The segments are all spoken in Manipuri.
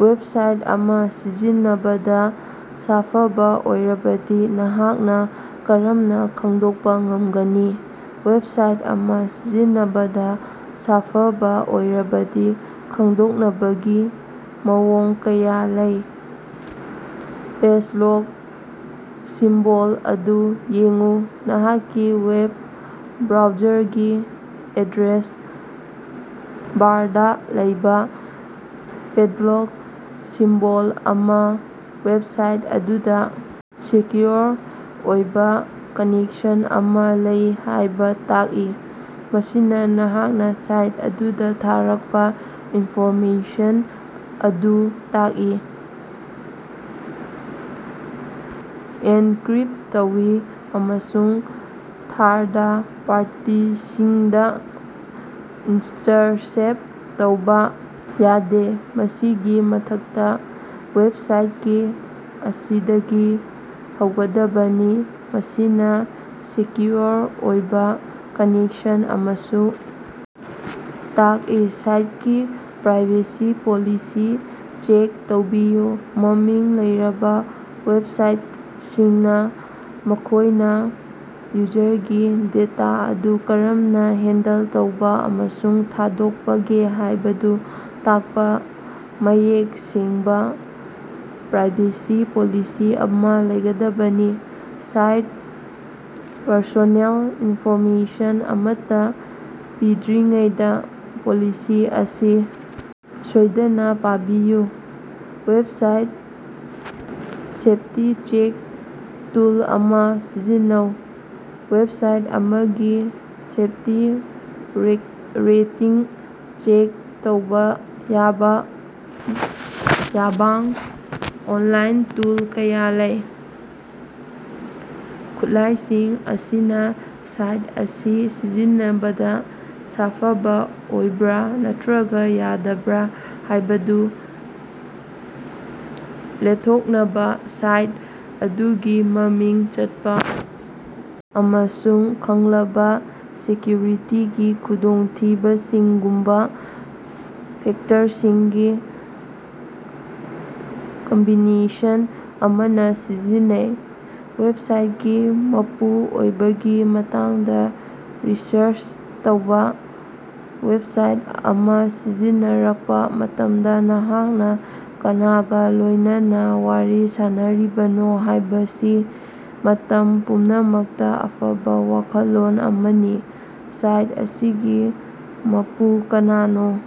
ꯋꯦꯕꯁꯥꯏꯠ ꯑꯃ ꯁꯤꯖꯤꯟꯅꯕꯗ ꯁꯥꯐꯕꯥ ꯑꯣꯏꯔꯕꯗꯤ ꯅꯍꯥꯛꯅ ꯀꯔꯝꯅ ꯈꯪꯗꯣꯛꯄ ꯉꯝꯒꯅꯤ? ꯋꯦꯕꯁꯥꯏꯠ ꯑꯃ ꯁꯤꯖꯤꯟꯅꯕꯗ ꯁꯥꯐꯕ ꯑꯣꯏꯔꯕꯗꯤ ꯈꯪꯗꯣꯛꯅꯕꯒꯤ ꯃꯑꯣꯡ ꯀꯌꯥ ꯂꯩ: ꯄꯦꯗꯂꯣꯛ ꯁꯤꯝꯕꯣꯜ ꯑꯗꯨ ꯌꯦꯡꯎ: ꯅꯍꯥꯛꯀꯤ ꯋꯦꯕ ꯕ꯭ꯔꯥꯎꯖꯔꯒꯤ ꯑꯦꯗ꯭ꯔꯦꯁ ꯕꯥꯔꯗ ꯂꯩꯕ ꯄꯦꯗꯂꯣꯛ ꯁꯤꯝꯕꯣꯜ ꯑꯃꯅ ꯋꯦꯕꯁꯥꯏꯠ ꯑꯗꯨꯗ ꯁꯦꯀ꯭ꯌꯨꯑꯣꯔ ꯑꯣꯏꯕ ꯀꯅꯦꯛꯁꯟ ꯑꯃꯥ ꯂꯩ ꯍꯥꯏꯕ ꯇꯥꯛꯏ, ꯃꯁꯤꯅ ꯅꯍꯥꯛꯅ ꯁꯥꯏꯠ ꯑꯗꯨꯗ ꯊꯥꯔꯛꯄ ꯏꯟꯐꯣꯔꯃꯦꯁꯟ ꯑꯗꯨ ꯇꯥꯛꯏ꯫ ꯑꯦꯟꯀꯔꯤꯞ ꯇꯧꯏ ꯑꯃꯁꯨꯡ ꯊꯥꯔꯗ ꯄꯥꯔꯇꯤꯁꯤꯡꯅ ꯏꯟꯇꯔꯁꯦꯞ ꯇꯧꯕ ꯌꯥꯗꯦ꯫ ꯃꯁꯤꯒꯤ ꯃꯊꯛꯇ, ꯋꯦꯕꯁꯥꯏꯇꯀꯤ ꯑꯁꯤꯗꯒꯤ ꯍꯧꯒꯗꯕꯅꯤ, ꯃꯁꯤꯅ ꯁꯦꯀ꯭ꯌꯨꯑꯣꯔ ꯑꯣꯏꯕ ꯀꯅꯦꯛꯁꯟ ꯑꯃꯁꯨ ꯇꯥꯛꯏ꯫ ꯁꯥꯏꯠꯀꯤ ꯄ꯭ꯔꯥꯏꯚꯦꯁꯤ ꯄꯣꯂꯤꯁꯤ ꯆꯦꯛ ꯇꯧꯕꯤꯌꯨ: ꯃꯃꯤꯡ ꯂꯩꯔꯕ ꯋꯦꯕꯁꯥꯏꯇꯁꯤꯡꯅ ꯃꯈꯣꯏꯅ ꯌꯨꯖꯔꯒꯤ ꯗꯦꯇꯥ ꯑꯗꯨ ꯀꯔꯝꯅ ꯍꯦꯟꯗꯜ ꯇꯧꯕ ꯑꯃꯁꯨꯡ ꯊꯥꯗꯣꯛꯄꯒꯦ ꯍꯥꯏꯕꯗꯨ ꯇꯥꯛꯄ ꯃꯌꯦꯛ ꯁꯦꯡꯕ ꯄ꯭ꯔꯥꯏꯚꯦꯁꯤ ꯄꯣꯂꯤꯁꯤ ꯑꯃꯥ ꯂꯩꯒꯗꯕꯅꯤ꯫ ꯁꯥꯏꯠꯇ ꯄꯔꯁꯣꯅꯦꯜ ꯏꯟꯐꯣꯔꯃꯦꯁꯟ ꯑꯃꯠꯇ ꯄꯤꯗ꯭ꯔꯤꯉꯩꯗ ꯄꯣꯂꯤꯁꯤ ꯑꯁꯤ ꯁꯣꯏꯗꯅ ꯄꯥꯕꯤꯌꯨ꯫ ꯋꯦꯕꯁꯥꯏꯠ ꯁꯦꯐꯇꯤ-ꯆꯦꯛ ꯇꯨꯜ ꯑꯃꯥ ꯁꯤꯖꯤꯟꯅꯧ: ꯋꯦꯕꯁꯥꯏꯠ ꯑꯃꯒꯤ ꯁꯦꯐꯇꯤ ꯔꯦꯇꯤꯡ ꯆꯦꯛ ꯇꯧꯕ ꯌꯥꯕ ꯌꯥꯕꯥꯡ ꯑꯣꯟꯂꯥꯏꯟ ꯇꯨꯜ ꯀꯌꯥ ꯂꯩ꯫ ꯈꯨꯠꯂꯥꯏꯁꯤꯡ ꯑꯁꯤꯅ ꯁꯥꯏꯠ ꯑꯁꯤ ꯁꯤꯖꯤꯟꯅꯕꯗ ꯁꯥꯐꯕ ꯑꯣꯏꯕ꯭ꯔ ꯅꯠꯇ꯭ꯔꯒ ꯌꯥꯗꯕ꯭ꯔ ꯍꯥꯏꯕꯗꯨ ꯂꯦꯞꯊꯣꯛꯅꯕ ꯁꯥꯏꯠ ꯑꯗꯨꯒꯤ ꯃꯃꯤꯡ ꯆꯠꯄ ꯑꯃꯁꯨꯡ ꯈꯪꯂꯕ ꯁꯦꯀ‌꯭ꯌꯨꯔꯤꯇꯤꯒꯤ ꯈꯨꯗꯣꯡꯊꯤꯕꯁꯤꯡꯒꯨꯝꯕ ꯐꯦꯛꯇꯔꯁꯤꯡꯒꯤ ꯀꯝꯕꯤꯅꯦꯁꯟ ꯑꯃꯥ ꯁꯤꯖꯤꯟꯅꯩ꯫ ꯋꯦꯕꯁꯥꯏꯠꯀꯤ ꯃꯄꯨ ꯑꯣꯏꯕꯒꯤ ꯃꯇꯥꯡꯗꯥ ꯔꯤꯁꯔꯆ ꯇꯧꯕ: ꯋꯦꯕꯁꯥꯏꯠ ꯑꯃꯅꯥ ꯁꯤꯖꯤꯟꯅꯔꯛꯄ ꯃꯇꯝꯗ ꯅꯍꯥꯛꯅ ꯀꯅꯥꯒ ꯂꯣꯏꯅꯅ ꯋꯥꯔꯤ ꯁꯥꯅꯔꯤꯕꯅꯣ ꯍꯥꯏꯕꯁꯤ ꯃꯇꯝ ꯄꯨꯝꯅꯃꯛꯇ ꯑꯐꯕꯥ ꯋꯥꯈꯜꯂꯣꯟ ꯑꯃꯅꯤ꯫ ꯁꯥꯏꯠ ꯑꯁꯤꯒꯤ ꯃꯄꯨ ꯀꯅꯥꯅꯣ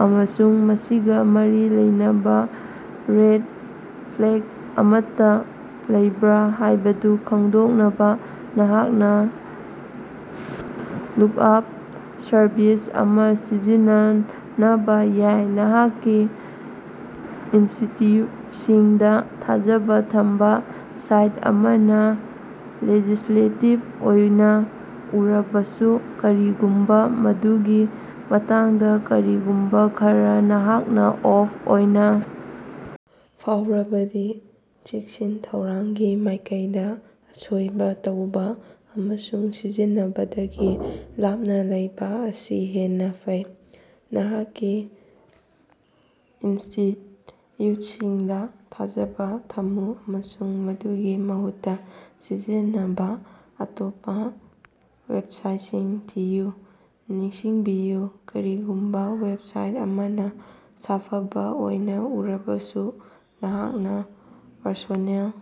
ꯑꯃꯁꯨꯡ ꯃꯁꯤꯒ ꯃꯔꯤ ꯂꯩꯅꯕ ꯔꯦꯗ ꯐ꯭ꯂꯦꯒ ꯑꯃꯠꯇ ꯂꯩꯕ꯭ꯔꯥ ꯍꯥꯏꯕꯗꯨ ꯈꯪꯗꯣꯛꯅꯕ ꯅꯍꯥꯛꯅ ꯂꯨꯀꯑꯥꯞ ꯁꯔꯚꯤꯁ ꯑꯃꯥ ꯁꯤꯖꯤꯟꯅꯕ ꯌꯥꯏ꯫ ꯅꯍꯥꯛꯀꯤ ꯏꯟꯁ꯭ꯇꯤꯠꯌꯨꯠꯁꯤꯡꯗꯥ ꯊꯥꯖꯕ ꯊꯝꯕ: ꯁꯥꯏꯠ ꯑꯃꯅ ꯂꯦꯖꯤꯁ꯭ꯂꯦꯇꯤꯚ ꯑꯣꯏꯅ ꯎꯔꯕꯁꯨ, ꯀꯔꯤꯒꯨꯝꯕ ꯃꯗꯨꯒꯤ ꯃꯇꯥꯡꯗ ꯀꯔꯤꯒꯨꯝꯕ ꯈꯔ ꯅꯍꯥꯛꯅ ꯑꯣꯐ ꯑꯣꯏꯅ ꯐꯥꯎꯔꯕꯗꯤ, ꯆꯦꯛꯁꯤꯟ ꯊꯧꯔꯥꯡꯒꯤ ꯃꯥꯏꯀꯩꯗ ꯑꯁꯣꯏꯕ ꯇꯧꯕ ꯑꯃꯁꯨꯡ ꯁꯤꯖꯤꯟꯅꯕꯗꯒꯤ ꯂꯥꯞꯅ ꯂꯩꯕ ꯑꯁꯤ ꯍꯦꯟꯅ ꯐꯩ꯫ ꯅꯍꯥꯛꯀꯤ ꯏꯟꯁ꯭ꯇꯤꯠꯌꯨꯠꯁꯤꯡꯗ ꯊꯥꯖꯕ ꯊꯝꯃꯨ ꯑꯃꯁꯨꯡ ꯃꯗꯨꯒꯤ ꯃꯍꯨꯠꯇ ꯁꯤꯖꯤꯟꯅꯅꯕ ꯑꯇꯣꯞꯄ ꯋꯦꯕꯁꯥꯏꯠꯁꯤꯡ ꯊꯤꯌꯨ꯫ ꯅꯤꯡꯁꯤꯡꯕꯤꯌꯨ, ꯀꯔꯤꯒꯨꯝꯕ ꯋꯦꯕꯁꯥꯏꯠ ꯑꯃꯅ ꯁꯥꯐꯕ ꯑꯣꯏꯅ ꯎꯔꯕꯁꯨ, ꯅꯍꯥꯛꯅ ꯄꯔꯁꯣꯅꯦꯜ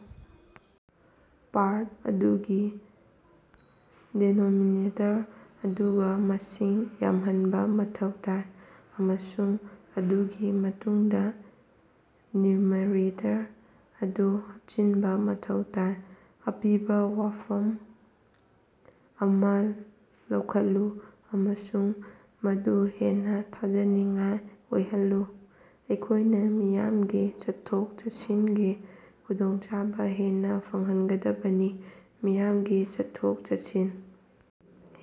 ꯄꯥꯔꯠ ꯑꯗꯨꯒꯤ ꯗꯦꯅꯣꯃꯤꯅꯦꯇꯔ ꯑꯗꯨꯒ ꯃꯁꯤꯡ ꯌꯥꯝꯍꯟꯕ ꯃꯊꯧ ꯇꯥꯏ ꯑꯃꯁꯨꯡ ꯃꯗꯨꯒꯤ ꯃꯇꯨꯡꯗ ꯅ꯭ꯌꯨꯃꯔꯦꯇꯔ ꯑꯗꯨ ꯍꯥꯞꯆꯤꯟꯕ ꯃꯊꯧ ꯇꯥꯏ꯫ ꯑꯄꯤꯕ ꯋꯥꯐꯝ ꯑꯃ ꯂꯧꯈꯠꯂꯨ ꯑꯃꯁꯨꯡ ꯃꯗꯨ ꯍꯦꯟꯅ ꯊꯥꯖꯅꯤꯡꯉꯥꯏ ꯑꯣꯏꯍꯜꯂꯨ꯫ ꯑꯩꯈꯣꯏꯅ ꯃꯤꯌꯥꯝꯒꯤ ꯆꯠꯊꯣꯛ-ꯆꯠꯁꯤꯟꯒꯤ ꯈꯨꯗꯣꯡꯆꯥꯕ ꯍꯦꯟꯅ ꯐꯪꯍꯟꯒꯗꯕꯅꯤ꯫ ꯃꯤꯌꯥꯝꯒꯤ ꯆꯠꯊꯣꯛ-ꯆꯠꯁꯤꯟ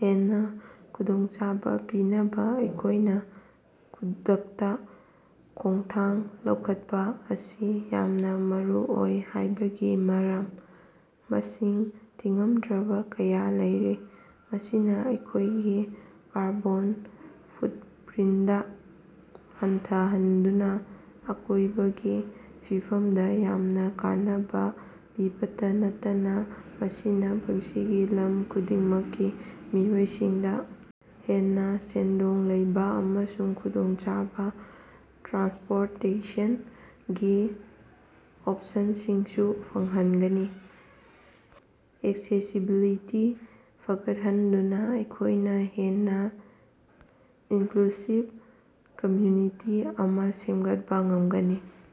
ꯍꯦꯟꯅ ꯈꯨꯗꯣꯡꯆꯥꯕ ꯄꯤꯅꯕ ꯑꯩꯈꯣꯏꯅ ꯈꯨꯗꯛꯇ ꯈꯣꯡꯊꯥꯡ ꯂꯧꯈꯠꯄ ꯑꯁꯤ ꯌꯥꯝꯅ ꯃꯔꯨ ꯑꯣꯏ ꯍꯥꯏꯕꯒꯤ ꯃꯔꯝ ꯃꯁꯤꯡ ꯊꯤꯉꯝꯗ꯭ꯔꯕ ꯀꯌꯥ ꯂꯩꯔꯤ꯫ ꯃꯁꯤꯅ ꯑꯩꯈꯣꯏꯒꯤ ꯀꯥꯔꯕꯣꯟ ꯐꯨꯠꯄꯔꯤꯟꯠ ꯍꯟꯊꯍꯟꯗꯨꯅ ꯑꯀꯣꯏꯕꯒꯤ ꯐꯤꯕꯝꯗ ꯌꯥꯝꯅ ꯀꯥꯟꯅꯕ ꯄꯤꯕꯇ ꯅꯠꯇꯅ ꯃꯁꯤꯅ ꯄꯨꯟꯁꯤꯒꯤ ꯂꯝ ꯈꯨꯗꯤꯡꯃꯛꯀꯤ ꯃꯤꯑꯣꯏꯁꯤꯡꯗ ꯍꯦꯟꯅ ꯁꯦꯟꯗꯣꯡ ꯂꯩꯕ ꯑꯃꯁꯨꯡ ꯈꯨꯗꯣꯡꯆꯥꯕ ꯇ꯭ꯔꯥꯟꯁꯄꯣꯔꯇꯦꯁꯟꯒꯤ ꯑꯣꯞꯁꯟꯁꯤꯡꯁꯨ ꯐꯪꯍꯟꯒꯅꯤ꯫ ꯑꯦꯛꯁꯦꯁꯤꯕꯤꯂꯤꯇꯤ ꯐꯒꯠꯍꯟꯗꯨꯅ ꯑꯩꯈꯣꯏꯅ ꯍꯦꯟꯅ ꯏꯟꯀ꯭ꯂꯨꯁꯤꯕ ꯀꯝꯃ‍꯭ꯌꯨꯅꯤꯇꯤ ꯑꯃꯥ ꯁꯦꯝꯒꯠꯄ ꯉꯝꯒꯅꯤ꯫